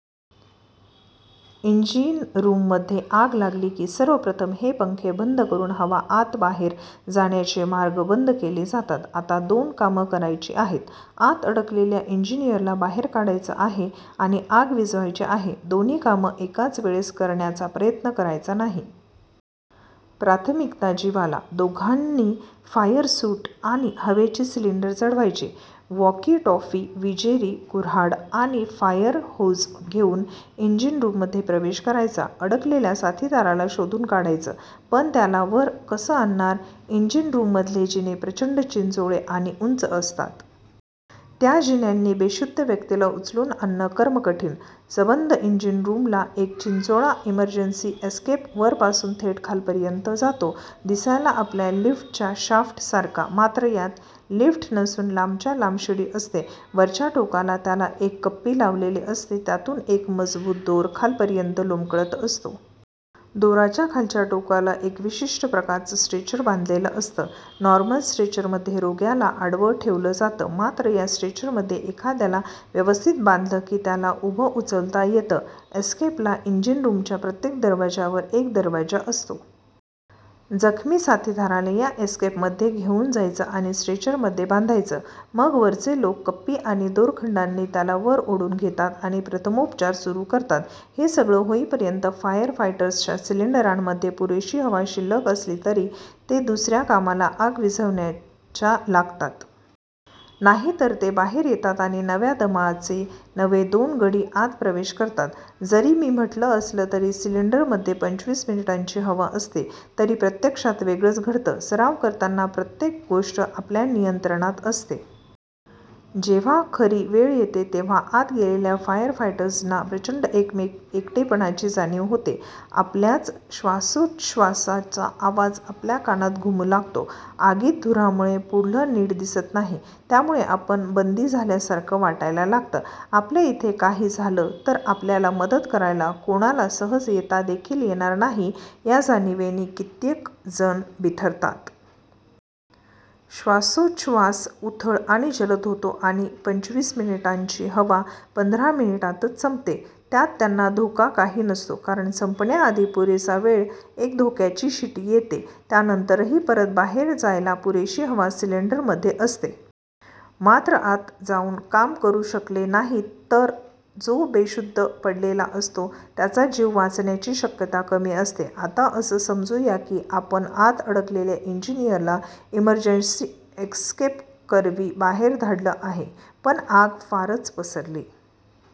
इंजिनरूममध्ये आग लागली की सर्वप्रथम हे पंखे बंद करून हवा आतबाहेर जाण्याचे मार्ग बंद केले जातात. आता दोन कामं करायची आहेत. आत अडकलेल्या इन्जिनियरला बाहेर काढायचं आहे आणि आग विझवायची आहे. दोन्ही कामं एकाच वेळेस करण्याचा प्रयत्न करायचा नाही. प्राथमिकता जिवाला. दोघांनी फायर सूट आणि हवेचे सिलिंडर चढवायचे, वॉकी टॉकी, विजेरी, कुर्हाड आणि फायर होज घेऊन इंजिन रूममध्ये प्रवेश करायचा. अडकलेल्या साथिदाराला शोधून काढायचं, पण त्याला वर कसं आणणार? इंजिनरूममधले जिने प्रचंड चिंचोळे आणि उंच असतात. त्या जिन्यांनी बेशुद्ध व्यक्तीला उचलून आणणं कर्मकठीण! सबंद इंजिन रूमला एक चिंचोळा इमर्जन्सी एस्केप वरपासून थेट खालपर्यंत जातो. दिसायला आपल्या लिफ्टच्या शाफ्टसारखा. मात्र यात लिफ्ट नसून लांबच्या लांब शिडी असते. वरच्या टोकाला त्याला एक कप्पी लावलेली असते त्यातून एक मजबूत दोर खालपर्यंत लोंबकळत असतो. दोराच्या खालच्या टोकाला एक विशिष्ट प्रकारचं स्ट्रेचर बांधलेलं असतं. नॉर्मल स्ट्रेचरमध्ये रोग्याला आडवं ठेवलं जातं. मात्र या स्ट्रेचरमध्ये एखाद्याला व्यवस्थित बांधलं की त्याला उभं उचलता येतं. एस्केपला इंजिन रूमच्या प्रत्येक मजल्यावर एक दरवाजा असतो. जखमी साथिदाराला या एस्केपमध्ये घेऊन जायचं आणि स्ट्रेचरमध्ये बांधायचं. मग वरचे लोक कप्पी आणि दोरखंडानी त्याला वर ओढून घेतात आणि प्रथमोपचार सुरू करतात. हे सगळं होईपर्यंत फायर फायटर्सच्या सिलिंडरांमध्ये पुरेशी हवा शिल्लक असली तर ते दुसर्या कामाला – आग विझवण्याच्या – लागतात. नाहीतर ते बाहेर येतात आणि नव्या दमाचे नवे दोन गडी आत प्रवेश करतात. जरी मी म्हटलं असलं की सिलिंडरमध्ये पंचवीस मिनिटांची हवा असते, तरी प्रत्यक्षात वेगळंच घडतं. सराव करताना प्रतेक गोष्ट आपल्या नियंत्रणात असते. जेव्हां खरी वेळ येते तेव्हां आत गेलेल्या फायर फायटर्सना प्रचंड एकटेपणाची जाणीव होते. आपल्याच श्वासोश्वासाचा आवाज आपल्या कानात घुमू लागतो. आगीत धुरामुळे पुढलं नीट दिसत नाही त्यामुळे आपण बंदी झाल्यासारखं वाटायला लागतं. आपल्याला इथे काही झालं तर आपल्याला मदत करायला कोणाला सहज येता देखील येणार नाही या जाणिवेनी कित्येक जण बिथरतात. श्वासोश्वास उथळ आणि जलद होतो आणि पंचवीस मिनिटांची हवा पंधरा मिनिटातच संपते. त्यात त्यांना धोका काही नसतो कारण संपण्याआधी पुरेसा वेळ एक धोक्याची शिटी येते. त्यानंतरही परत बाहेर जायला पुरेशी हवा सिलिंडरमध्ये असते. मात्र आत जाऊन काम करू शकले नाहीत तर जो बेशुद्ध पडलेला असतो त्याचा जीव वाचण्याची शक्यता कमी होते. आता असं समजू या की आपण आत अडकलेल्या इंजिनियरला इमर्जन्सी एस्केपकरवी बाहेर धाडलं आहे पण आग फारच पसरली